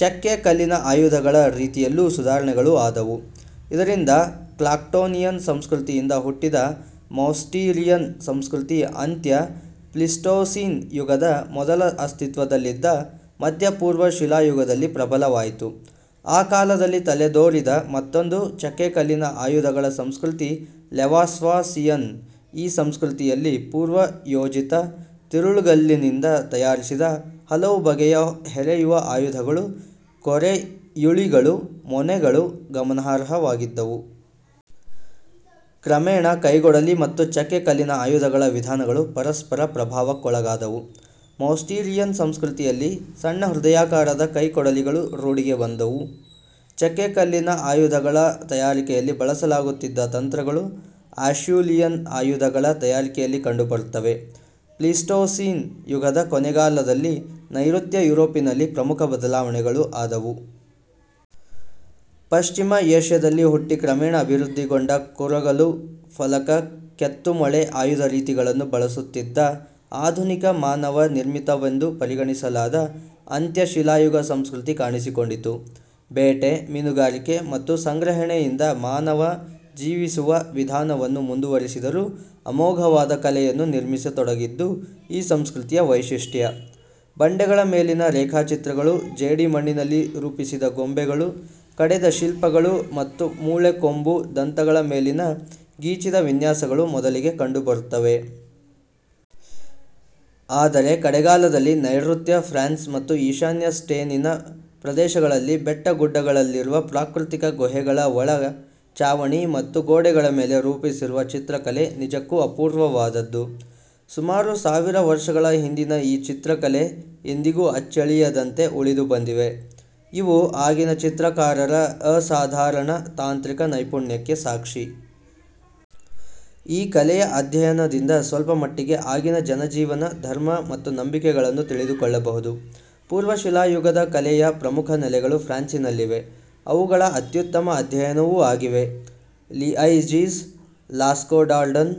ಚಕ್ಕೆ ಕಲ್ಲಿನ ಆಯುಧಗಳ ರೀತಿಯಲ್ಲೂ ಸುಧಾರಣೆಗಳು ಆದುವು. ಇದರಿಂದ ಕ್ಲಾಕ್ಟೋನಿಯನ್ ಸಂಸ್ಕೃತಿಯಿಂದ ಹುಟ್ಟಿದ ಮೌಸ್ಟೀರಿಯನ್ ಸಂಸ್ಕೃತಿ ಅಂತ್ಯ ಪ್ಲೀಸ್ಟೋಸೀನ್ ಯುಗದ ಮೊದಲಲ್ಲಿ ಅಸ್ತಿತ್ವದಲ್ಲಿದ್ದ ಮಧ್ಯ-ಪೂರ್ವ ಶಿಲಾಯುಗದಲ್ಲಿ ಪ್ರಬಲವಾಯಿತು. ಆ ಕಾಲದಲ್ಲಿ ತಲೆದೋರಿದ ಮತ್ತೊಂದು ಚಕ್ಕೆಕಲ್ಲಿನ ಆಯುಧಗಳ ಸಂಸ್ಕೃತಿ ಲೆವಾಲ್ವಾಸಿಯನ್, ಈ ಸಂಸ್ಕೃತಿಯಲ್ಲಿ ಪೂರ್ವಯೋಜಿತ ತಿರುಳ್ಗಲ್ಲಿನಿಂದ ತಯಾರಿಸಿದ ಹಲವು ಬಗೆಯ ಹೆರೆಯುವ ಆಯುಧಗಳು, ಕೊರೆಯುಳಿಗಳು ಮೊನೆಗಳು ಗಮನಾರ್ಹವಾಗಿದ್ದುವು. ಕ್ರಮೇಣ ಕೈಕೊಡಲಿ ಮತ್ತು ಚಕ್ಕೆ ಕಲ್ಲಿನ ಆಯುಧಗಳ ವಿಧಾನಗಳು ಪರಸ್ಪರ ಪ್ರಭಾವಕ್ಕೊಳಗಾದುವು. ಮೌಸ್ಟೀರಿಯನ್ ಸಂಸ್ಕೃತಿಯಲ್ಲಿ ಸಣ್ಣ ಹೃದಯಾಕಾರದ ಕೈಕೊಡಲಿಗಳು ರೂಢಿಗೆ ಬಂದುವು. ಚಕ್ಕೆಕಲ್ಲಿನ ಆಯುಧಗಳ ತಯಾರಿಕೆಯಲ್ಲಿ ಬಳಸಲಾಗುತ್ತಿದ್ದ ತಂತ್ರಗಳು ಅಷ್ಯೂಲಿಯನ್ ಆಯುಧಗಳ ತಯಾರಿಕೆಯಲ್ಲಿ ಕಂಡುಬರುತ್ತವೆ. ಪ್ಲೀಸ್ಟೋಸೀನ್ ಯುಗದ ಕೊನೆಗಾಲದಲ್ಲಿ ನೈಋತ್ಯ ಯುರೋಪಿನಲ್ಲಿ ಪ್ರಮುಖ ಬದಲಾವಣೆಗಳು ಆದವು. ಪಶ್ಚಿಮ ಏಷ್ಯದಲ್ಲಿ ಹುಟ್ಟಿ ಕ್ರಮೇಣ ಅಭಿವೃದ್ಧಿಗೊಂಡ ಕೂರಲಗು ಫಲಕ ಕೆತ್ತುಮೊಳೆ ಆಯುಧರೀತಿಗಳನ್ನು ಬಳಸುತ್ತಿದ್ದ ಆಧುನಿಕ ಮಾನವ ನಿರ್ಮಿತವೆಂದು ಪರಿಗಣಿಸಲಾದ ಅಂತ್ಯಶಿಲಾಯುಗ ಸಂಸ್ಕೃತಿ ಕಾಣಿಸಿಕೊಂಡಿತು. ಬೇಟೆ, ಮೀನುಗಾರಿಕೆ ಮತ್ತು ಸಂಗ್ರಹಣೆಯಿಂದ ಮಾನವ ಜೀವಿಸುವ ವಿಧಾನವನ್ನು ಮುಂದುವರಿಸಿದರೂ ಅಮೋಘವಾದ ಕಲೆಯನ್ನು ನಿರ್ಮಿಸತೊಡಗಿದ್ದು ಈ ಸಂಸ್ಕೃತಿಯ ವೈಶಿಷ್ಟ್ಯ. ಬಂಡೆಗಳ ಮೇಲಿನ ರೇಖಾ ಚಿತ್ರಗಳು, ಜೇಡಿ ಮಣ್ಣಿನಲ್ಲಿ ರೂಪಿಸಿದ ಗೊಂಬೆಗಳು, ಕಡೆದ ಶಿಲ್ಪಗಳು ಮತ್ತು ಮೂಳೆ ಕೊಂಬು ದಂತಗಳ ಮೇಲಿನ ಗೀಚಿದ ವಿನ್ಯಾಸಗಳು ಮೊದಲಿಗೆ ಕಂಡುಬರುತ್ತವೆ. ಆದರೆ ಕಡೆಗಾಲದಲ್ಲಿ ನೈಋತ್ಯ ಫ್ರಾನ್ಸ್ ಮತ್ತು ಈಶಾನ್ಯ ಸ್ಟೇನಿನ ಪ್ರದೇಶಗಳಲ್ಲಿ ಬೆಟ್ಟಗುಡ್ಡಗಳಲ್ಲಿರುವ ಪ್ರಾಕೃತಿಕ ಗುಹೆಗಳ ಒಳ ಚಾವಣಿ ಮತ್ತು ಗೋಡೆಗಳ ಮೇಲೆ ರೂಪಿಸಿರುವ ಚಿತ್ರಕಲೆ ನಿಜಕ್ಕೂ ಅಪೂರ್ವವಾದದ್ದು. ಸುಮಾರು ಸಾವಿರ ವರ್ಷಗಳ ಹಿಂದಿನ ಈ ಚಿತ್ರಕಲೆ ಇಂದಿಗೂ ಅಚ್ಚಳಿಯದಂತೆ ಉಳಿದುಬಂದಿವೆ. ಇವು ಆಗಿನ ಚಿತ್ರಕಾರರ ಅಸಾಧಾರಣ ತಾಂತ್ರಿಕ ನೈಪುಣ್ಯಕ್ಕೆ ಸಾಕ್ಷಿ. ಈ ಕಲೆಯ ಅಧ್ಯಯನದಿಂದ ಸ್ವಲ್ಪಮಟ್ಟಿಗೆ ಆಗಿನ ಜನಜೀವನ, ಧರ್ಮ ಮತ್ತು ನಂಬಿಕೆಗಳನ್ನು ತಿಳಿದುಕೊಳ್ಳಬಹುದು. ಪೂರ್ವಶಿಲಾಯುಗದ ಕಲೆಯ ಪ್ರಮುಖ ನೆಲೆಗಳು ಫ್ರಾನ್ಸಿನಲ್ಲಿವೆ. ಇವುಗಳ ಅತ್ಯುತ್ತಮ ಅಧ್ಯಯನವೂ ಆಗಿವೆ. ಲಿಐಜೀಸ್, ಲಾಸ್ಕೊಡಾರ್ಡಾನ್,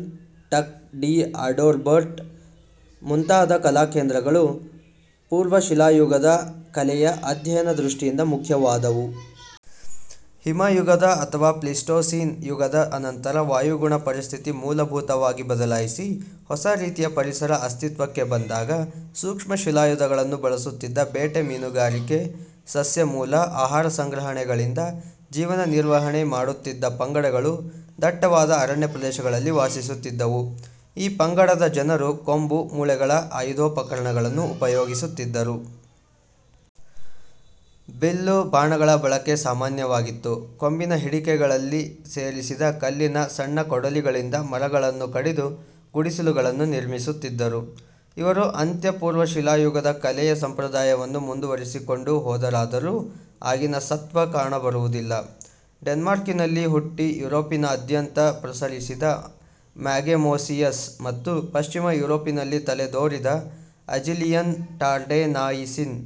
ಟಕ್ ಡಿ ಅಡೋಬರ್ಟ್ ಮುಂತಾದ ಕಲಾ ಕೇಂದ್ರಗಳು ಪೂರ್ವ ಶಿಲಾಯುಗದ ಕಲೆಯ ಅಧ್ಯಯನ ದೃಷ್ಟಿಯಿಂದ ಮುಖ್ಯವಾದವು. ಹಿಮಯುಗದ ಅಥವಾ ಪ್ಲೀಸ್ಟೋಸೀನ್ ಯುಗದ ಅನಂತರ ವಾಯುಗುಣ ಪರಿಸ್ಥಿತಿ ಮೂಲಭೂತವಾಗಿ ಬದಲಾಯಿಸಿ ಹೊಸರೀತಿಯ ಪರಿಸರ ಅಸ್ತಿತ್ವಕ್ಕೆ ಬಂದಾಗ ಸೂಕ್ಷ್ಮ ಶಿಲಾಯುಧಗಳನ್ನು ಬಳಸುತ್ತಿದ್ದ ಬೇಟೆ ಮೀನುಗಾರಿಕೆ ಸಸ್ಯಮೂಲ ಆಹಾರ ಸಂಗ್ರಹಣೆಗಳಿಂದ ಜೀವನ ನಿರ್ವಹಣೆ ಮಾಡುತ್ತಿದ್ದ ಪಂಗಡಗಳು ದಟ್ಟವಾದ ಅರಣ್ಯಪ್ರದೇಶಗಳಲ್ಲಿ ವಾಸಿಸುತ್ತಿದ್ದುವು. ಈ ಪಂಗಡದ ಜನರು ಕೊಂಬು ಮೂಳೆಗಳ ಆಯುಧೋಪಕರಣಗಳನ್ನು ಉಪಯೋಗಿಸುತ್ತಿದ್ದರು. ಬಿಲ್ಲು ಬಾಣಗಳ ಬಳಕೆ ಸಾಮಾನ್ಯವಾಗಿತ್ತು. ಕೊಂಬಿನ ಹಿಡಿಕೆಗಳಲ್ಲಿ ಸೇರಿಸಿದ ಕಲ್ಲಿನ ಸಣ್ಣಕೊಡಲಿಗಳಿಂದ ಮರಗಳನ್ನು ಕಡಿದು ಗುಡಿಸಿಲುಗಳನ್ನು ನಿರ್ಮಿಸುತ್ತಿದ್ದರು. ಇವರು ಅಂತ್ಯ ಪೂರ್ವಶಿಲಾಯುಗದ ಕಲೆಯ ಸಂಪ್ರದಾಯವನ್ನು ಮುಂದುವರಿಸಿಕೊಂಡು ಹೋದರಾದರೂ ಆಗಿನ ಸತ್ತ್ವ ಕಾಣಬರುವುದಿಲ್ಲ. ಡೆನ್ಮಾರ್ಕಿನಲ್ಲಿ ಹುಟ್ಟಿ ಯೂರೊಪಿನಾದ್ಯಂತ ಪ್ರಸರಿಸಿದ ಮ್ಯಾಗೆಮೋಸಿಯಸ್ ಮತ್ತು ಪಶ್ಚಿಮ ಯುರೋಪಿನಲ್ಲಿ ತಲೆದೋರಿದ ಅಜಿಲಿಯನ್ ಟಾರ್ಡೆನಾಯಿಸಿನ್,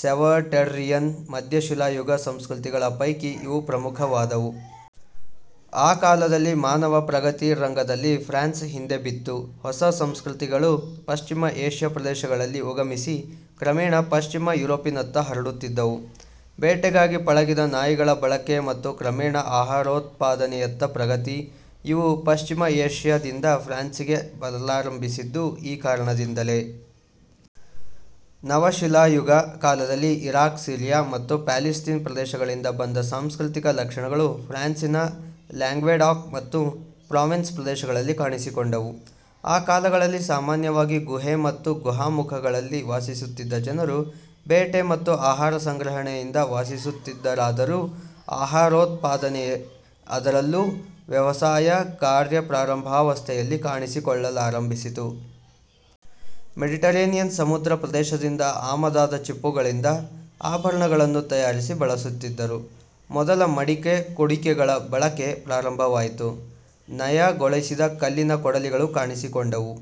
ಸವೆಟೆರ್ರಿಯನ್ ಮಧ್ಯಶಿಲಾಯುಗ ಸಂಸ್ಕೃತಿಗಳ ಪೈಕಿ ಇವು ಪ್ರಮುಖವಾದವು. ಆ ಕಾಲದಲ್ಲಿ ಮಾನವ ಪ್ರಗತಿ ರಂಗದಲ್ಲಿ ಫ್ರಾನ್ಸ್ ಹಿಂದೆ ಬಿತ್ತು. ಹೊಸ ಸಂಸ್ಕೃತಿಗಳು ಪಶ್ಚಿಮ ಏಷ್ಯ ಪ್ರದೇಶಗಳಲ್ಲಿ ಉಗಮಿಸಿ ಕ್ರಮೇಣ ಪಶ್ಚಿಮ ಯೂರೋಪಿನತ್ತ ಹರಡುತ್ತಿದ್ದುವು. ಬೇಟೆಗಾಗಿ ಪಳಗಿದ ನಾಯಿಗಳ ಬಳಕೆ ಮತ್ತು ಕ್ರಮೇಣ ಆಹಾರೋತ್ಪಾದನೆಯತ್ತ ಪ್ರಗತಿ, ಇವು ಪಶ್ಚಿಮ ಏಷ್ಯದಿಂದ ಫ್ರಾನ್ಸಿಗೆ ಬರಲಾರಂಭಿಸಿದ್ದು ಈ ಕಾರಣದಿಂದಲೇ. ನವಶಿಲಾಯುಗ ಕಾಲದಲ್ಲಿ ಇರಾಕ್, ಸಿರಿಯ ಮತ್ತು ಪ್ಯಾಲಸ್ತೀನ್ ಪ್ರದೇಶಗಳಿಂದ ಬಂದ ಸಾಂಸ್ಕೃತಿಕ ಲಕ್ಷಣಗಳು ಫ್ರಾನ್ಸಿನ ಲ್ಯಾಂಗ್ವೆಡಾಕ್ ಮತ್ತು ಪ್ರಾವೆನ್ಸ್ ಪ್ರದೇಶಗಳಲ್ಲಿ ಕಾಣಿಸಿಕೊಂಡವು. ಆ ಕಾಲದಲ್ಲಿ ಸಾಮಾನ್ಯವಾಗಿ ಗುಹೆ ಮತ್ತು ಗುಹಾಮುಖಗಳಲ್ಲಿ ವಾಸಿಸುತ್ತಿದ್ದ ಜನರು ಬೇಟೆ ಮತ್ತು ಆಹಾರಸಂಗ್ರಹಣೆಯಿಂದ ವಾಸಿಸುತ್ತಿದ್ದರಾದರೂ ಆಹಾರೋತ್ಪಾದನೆ ಅದರಲ್ಲೂ ವ್ಯವಸಾಯ ಕಾರ್ಯ ಪ್ರಾರಂಭಾವಸ್ಥೆಯಲ್ಲಿ ಕಾಣಿಸಿಕೊಳ್ಳಲಾರಂಭಿಸಿತು. ಮೆಡಿಟೆರೇನಿಯನ್ ಸಮುದ್ರ ಪ್ರದೇಶದಿಂದ ಆಮದಾದ ಚಿಪ್ಪುಗಳಿಂದ ಆಭರಣಗಳನ್ನು ತಯಾರಿಸಿ ಬಳಸುತ್ತಿದ್ದರು. ಮೊದಲ ಮಡಕೆ-ಕುಡಿಕೆಗಳ ಬಳಕೆ ಪ್ರಾರಂಭವಾಯಿತು. ನಯಗೊಳಿಸಿದ ಕಲ್ಲಿನ ಕೊಡಲಿಗಳು ಕಾಣಿಸಿಕೊಂಡವು.